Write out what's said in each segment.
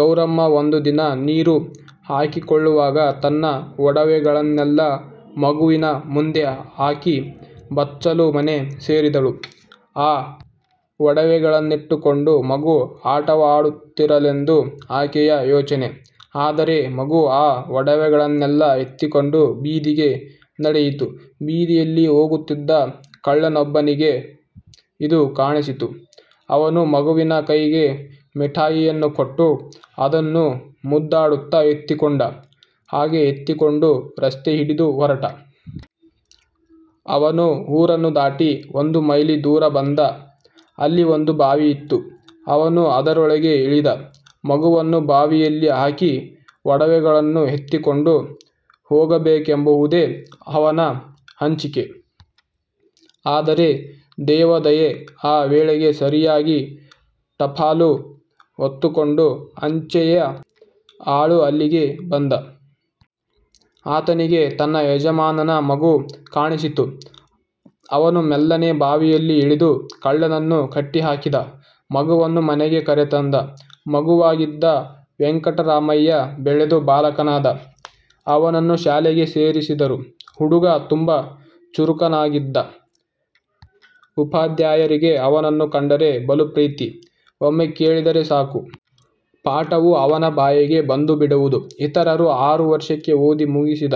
ಗೌರಮ್ಮ ಒಂದು ದಿನ ನೀರು ಹಾಕಿಕೊಳ್ಳುವಾಗ ತನ್ನ ಒಡವೆಗಳನ್ನೆಲ್ಲ ಮಗುವಿನ ಮುಂದೆ ಹಾಕಿ ಬಚ್ಚಲು ಮನೆ ಸೇರಿದಳು. ಆ ಒಡವೆಗಳನ್ನಿಟ್ಟುಕೊಂಡು ಮಗು ಆಟವಾಡುತ್ತಿರಲೆಂದು ಆಕೆಯ ಯೋಚನೆ. ಆದರೆ ಮಗು ಆ ಒಡವೆಗಳನ್ನೆಲ್ಲ ಎತ್ತಿಕೊಂಡು ಬೀದಿಗೆ ನಡೆಯಿತು. ಬೀದಿಯಲ್ಲಿ ಹೋಗುತ್ತಿದ್ದ ಕಳ್ಳನೊಬ್ಬನಿಗೆ ಇದು ಕಾಣಿಸಿತು. ಅವನು ಮಗುವಿಗೆ ಕೈಗೆ ಮಿಠಾಯಿಯನ್ನು ಕೊಟ್ಟು, ಅದನ್ನು ಮುದ್ದಾಡುತ್ತಾ ಎತ್ತಿಕೊಂಡ: ಹಾಗೆ ಎತ್ತಿಕೊಂಡು ರಸ್ತೆ ಹಿಡಿದು ಹೊರಟ. ಅವನು ಊರನ್ನು ದಾಟಿ, ಒಂದು ಮೈಲಿ ದೂರ ಬಂದ. ಅಲ್ಲಿ ಒಂದು ಬಾವಿ ಇತ್ತು. ಅವನು ಅದರೊಳಗೆ ಇಳಿದ. ಮಗುವನ್ನು ಬಾವಿಯಲ್ಲಿ ಹಾಕಿ, ಒಡವೆಗಳನ್ನು ಎತ್ತಿಕೊಂಡು ಹೋಗಬೇಕೆಂಬುವುದೇ ಅವನ ಹಂಚಿಕೆ. ಆದರೆ ದೇವ ದಯೆ ಆ ವೇಳೆಗೆ ಸರಿಯಾಗಿ ಟಪಾಲು ಹೊತ್ತುಕೊಂಡು ಅಂಚೆಯ ಆಳು ಅಲ್ಲಿಗೆ ಬಂದ. ಆತನಿಗೆ ತನ್ನ ಯಜಮಾನನ ಮಗು ಕಾಣಿಸಿತು. ಅವನು ಮೆಲ್ಲನೆ ಬಾವಿಯಲ್ಲಿ ಇಳಿದು ಕಳ್ಳನನ್ನು ಕಟ್ಟಿಹಾಕಿದ. ಮಗುವನ್ನು ಮನೆಗೆ ಕರೆ ತಂದ. ಮಗುವಾಗಿದ್ದ ವೆಂಕಟರಾಮಯ್ಯ ಬೆಳೆದು ಬಾಲಕನಾದ. ಅವನನ್ನು ಶಾಲೆಗೆ ಸೇರಿಸಿದರು. ಹುಡುಗ ತುಂಬಾ ಚುರುಕನಾಗಿದ್ದ. ಉಪಾದ್ಯಾಯರಿಗೆ ಅವನನ್ನು ಕಂಡರೆ ಬಲು ಪ್ರೀತಿ. ಒಮ್ಮೆ ಕೇಳಿದರೆ ಸಾಕು. ಪಾಠವು ಅವನ ಬಾಯಿಗೆ ಬಂದುಬಿಡುವುದು. ಇತರರು ಆರು ವರ್ಷಕ್ಕೆ ಓದಿ ಮುಗಿಸಿದ.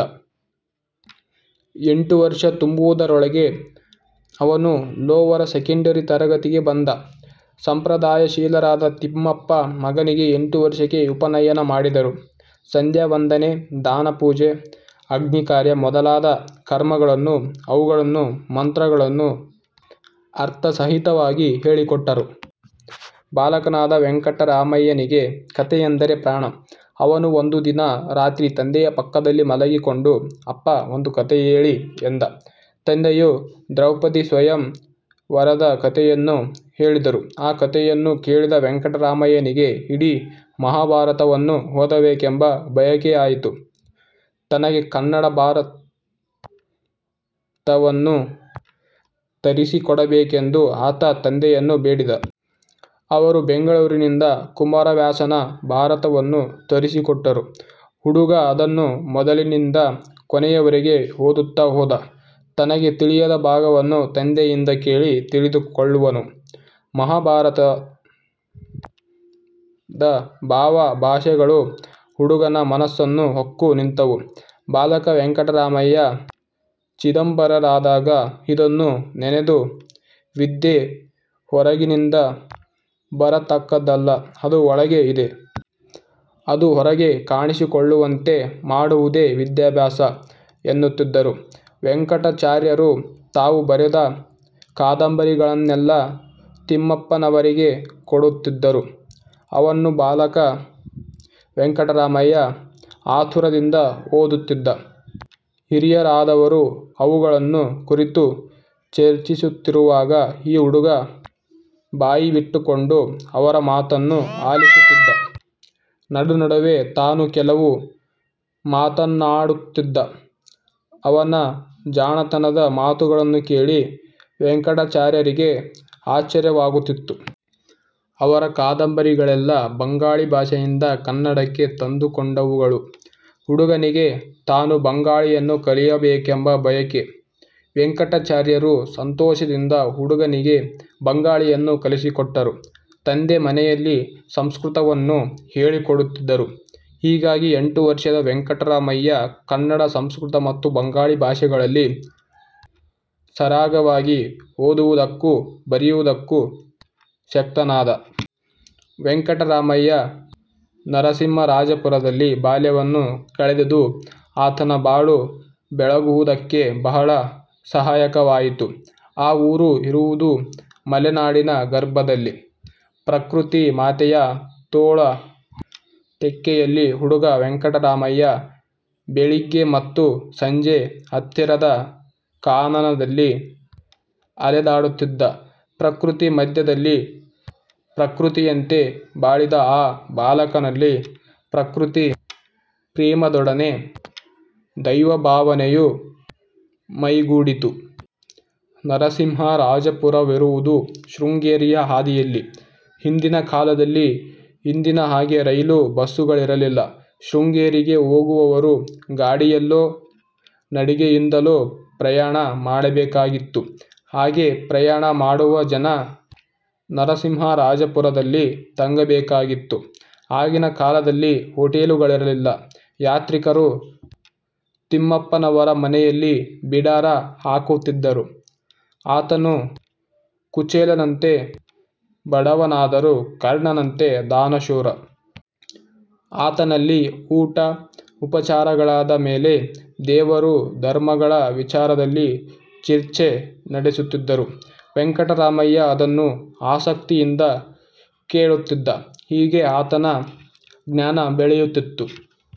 ಎಂಟು ವರ್ಷ ತುಂಬುವುದರೊಳಗೆ ಅವನು ಲೋವರ ಸೆಕೆಂಡರಿ ತರಗತಿಗೆ ಬಂದ. ಸಂಪ್ರದಾಯಶೀಲರಾದ ತಿಮ್ಮಪ್ಪ ಮಗನಿಗೆ ಎಂಟು ವರ್ಷಕ್ಕೆ ಉಪನಯನ ಮಾಡಿದರು. ಸಂದ್ಯಾವಂದನೆ, ದಾನ, ಪೂಜೆ, ಅಗ್ನಿ ಕಾರ್ಯ ಮೊದಲಾದ ಕರ್ಮಗಳನ್ನು ಅವುಗಳನ್ನು ಮಂತ್ರಗಳನ್ನು ಅರ್ಥಸಹಿತವಾಗಿ ಹೇಳಿಕೊಟ್ಟರು. ಬಾಲಕನಾದ ವೆಂಕಟರಾಮಯ್ಯನಿಗೆ ಕಥೆಯೆಂದರೆ ಪ್ರಾಣ. ಅವನು ಒಂದು ದಿನ ರಾತ್ರಿ ತಂದೆಯ ಪಕ್ಕದಲ್ಲಿ ಮಲಗಿಕೊಂಡು, "ಅಪ್ಪಾ ಒಂದು ಕಥೆ ಹೇಳಿ:" ಎಂದ. ತಂದೆಯು ದ್ರೌಪದಿ ಸ್ವಯಂ ವರದ ಕಥೆಯನ್ನು ಹೇಳಿದರು. ಆ ಕಥೆಯನ್ನು ಕೇಳಿದ ವೆಂಕಟರಾಮಯ್ಯನಿಗೆ ಇಡೀ ಮಹಾಭಾರತವನ್ನು ಓದಬೇಕೆಂಬ ಬಯಕೆಯಾಯಿತು. ತನಗೆ ಕನ್ನಡ ಭಾರತವನ್ನು ತರಿಸಿಕೊಡಬೇಕೆಂದು ಆತ ತಂದೆಯನ್ನು ಬೇಡಿದ. ಅವರು ಬೆಂಗಳೂರಿನಿಂದ ಕುಮಾರವ್ಯಾಸನ ಭಾರತವನ್ನು ತರಿಸಿಕೊಟ್ಟರು. ಹುಡುಗ ಅದನ್ನು ಮೊದಲಿನಿಂದ ಕೊನೆಯವರೆಗೆ ಓದುತ್ತಾ ಹೋದ. ತನಗೆ ತಿಳಿಯದ ಭಾಗವನ್ನು ತಂದೆಯಿಂದ ಕೇಳಿ ತಿಳಿದುಕೊಳ್ಳುವನು. ಮಹಾಭಾರತದ ಭಾವ, ಭಾಷೆಗಳು ಹುಡುಗನ ಮನಸ್ಸನ್ನು ಹೊಕ್ಕು ನಿಂತವು. ಬಾಲಕ ವೆಂಕಟರಾಮಯ್ಯ ಚಿದಂಬರರಾದಾಗ ಇದನ್ನು ನೆನೆದು, ವಿದ್ಯೆ ಹೊರಗಿನಿಂದ ಬರತಕ್ಕದ್ದಲ್ಲ: ಅದು ಒಳಗೆ ಇದೆ. ಅದು ಹೊರಗೆ ಕಾಣಿಸಿಕೊಳ್ಳುವಂತೆ ಮಾಡುವುದೇ ವಿಧ್ಯಾಬ್ಯಾಸ ಎನ್ನುತ್ತಿದ್ದರು. ವೆಂಕಟಾಚಾರ್ಯರು ತಾವು ಬರೆದ ಕಾದಂಬರಿಗಳನ್ನೆಲ್ಲ ತಿಮ್ಮಪ್ಪನವರಿಗೆ ಕೊಡುತಿದ್ದರು. ಅವನ್ನು ಬಾಲಕ ವೆಂಕಟರಾಮಯ್ಯ ಆತುರದಿಂದ ಓದುತ್ತಿದ್ದ. ಹಿರಿಯರಾದವರು ಅವುಗಳನ್ನು ಕುರಿತು ಚರ್ಚಿಸುತ್ತಿರುವಾಗ ಈ ಹುಡುಗ ಬಾಯಿಬಿಟ್ಟುಕೊಂಡು ಅವರ ಮಾತನ್ನು ಆಲಿಸುತ್ತಿದ್ದ. ನಡು-ನಡುವೆ ತಾನೂ ಕೆಲವು ಮಾತನ್ನಾಡುತ್ತಿದ್ದ. ಅವನ ಜಾಣತನದ ಮಾತುಗಳನ್ನು ಕೇಳಿ ವೆಂಕಟಾಚಾರ್ಯರಿಗೆ ಆಶ್ಚರ್ಯವಾಗುತ್ತಿತ್ತು. ಅವರ ಕಾದಂಬರಿಗಳೆಲ್ಲ ಬಂಗಾಳಿ ಭಾಷೆಯಿಂದ ಕನ್ನಡಕ್ಕೆ ತಂದುಕೊಂಡವುಗಳು. ಹುಡುಗನಿಗೆ ತಾನೂ ಬಂಗಾಳಿಯನ್ನು ಕಲಿಯಬೇಕೆಂಬ ಬಯಕೆ. ವೆಂಕಟಾಚಾರ್ಯರು ಸಂತೋಷದಿಂದ ಹುಡುಗನಿಗೆ ಬಂಗಾಳಿಯನ್ನು ಕಲಿಸಿಕೊಟ್ಟರು. ತಂದೆ ಮನೆಯಲ್ಲಿ ಸಂಸ್ಕೃತವನ್ನು ಹೇಳಿಕೊಡುತ್ತಿದ್ದರು. ಹೀಗಾಗಿ ಎಂಟು ವರ್ಷದ ವೆಂಕಟರಾಮಯ್ಯ ಕನ್ನಡ, ಸಂಸ್ಕೃತ ಮತ್ತು ಬಂಗಾಳಿ ಭಾಷೆಗಳಲ್ಲಿ ಸರಾಗವಾಗಿ ಓದುವುದಕ್ಕೂ ಬರೆಯುವುದಕ್ಕೂ ಶಕ್ತನಾದ. ವೆಂಕಟರಾಮಯ್ಯ ನರಸಿಂಹರಾಜಪುರದಲ್ಲಿ ಬಾಲ್ಯವನ್ನು ಕಳೆದುದು ಆತನ ಬಾಳು ಬೆಳಗುವುದಕ್ಕೆ ಬಹಳ ಸಹಾಯಕವಾಯಿತು. ಆ ಊರು ಇರುವುದು ಮಲೆನಾಡಿನ ಗರ್ಭದಲ್ಲಿ; ಪ್ರಕೃತಿ ಮಾತೆಯ ತೋಳ ತೆಕ್ಕೆಯಲ್ಲಿ ಹುಡುಗ ವೆಂಕಟರಾಮಯ್ಯ ಬೆಳಿಗ್ಗೆ ಮತ್ತು ಸಂಜೆ ಹತ್ತಿರದ ಕಾನನದಲ್ಲಿ ಅಲೆದಾಡುತ್ತಿದ್ದ. ಪ್ರಕೃತಿ ಮಧ್ಯದಲ್ಲಿ ಪ್ರಕೃತಿಯಂತೆ ಬಾಳಿದ ಆ ಬಾಲಕನಲ್ಲಿ ಪ್ರಕೃತಿ ಪ್ರೇಮದೊಡನೆ ದೈವಭಾವನೆಯೂ ಮೈಗೂಡಿತು. ನರಸಿಂಹರಾಜಪುರವಿರುವುದು ಶೃಂಗೇರಿಯ ಹಾದಿಯಲ್ಲಿ. ಹಿಂದಿನ ಕಾಲದಲ್ಲಿ ಇಂದಿನ ಹಾಗೆ ರೈಲು, ಬಸ್ಸುಗಳೀರಲಿಲ್ಲ. ಶೃಂಗೇರಿಗೆ ಹೋಗುವವರು ಗಾಡಿಯಲ್ಲೊ, ನಡಿಗೆಯಿಂದಲೋ ಪ್ರಯಣ ಮಾಡಬೇಕಾಗಿತ್ತು. ಹಾಗೆ ಪ್ರಯಾಣ ಮಾಡುವ ಜನ ನರಸಿಂಹರಾಜಪುರದಲ್ಲಿ ತಂಗಬೇಕಾಗಿತ್ತು. ಆಗಿನ ಕಾಲದಲ್ಲಿ ಹೋಟೆಲುಗಳಿರಲಿಲ್ಲ. ಯಾತ್ರಿಕರು ತಿಮ್ಮಪ್ಪನವರ ಮನೆಯಲ್ಲಿ ಬಿಡಾರ ಹಾಕುತ್ತಿದ್ದರು. ಆತನು ಕುಚೇಲನಂತೆ ಬಡವನಾದರೂ ಕರ್ಣನಂತೆ ದಾನಶೂರ. ಆತನಲ್ಲಿ ಊಟ ಉಪಚಾರಗಳಾದ ಮೇಲೆ ದೇವರು- ಧರ್ಮಗಳ ವಿಚಾರದಲ್ಲಿ ಚಿರ್ಚೆ ನಡೆಸುತ್ತಿದ್ದರು. ವೆಂಕಟರಾಮಯ್ಯ ಅದನ್ನು ಆಸಕ್ತಿಯಿಂದ ಕೇಳುತ್ತಿದ್ದ. ಹೀಗೆ ಆತನ ಜ್ಞಾನ ಬೆಳೆಯುತ್ತಿತ್ತು.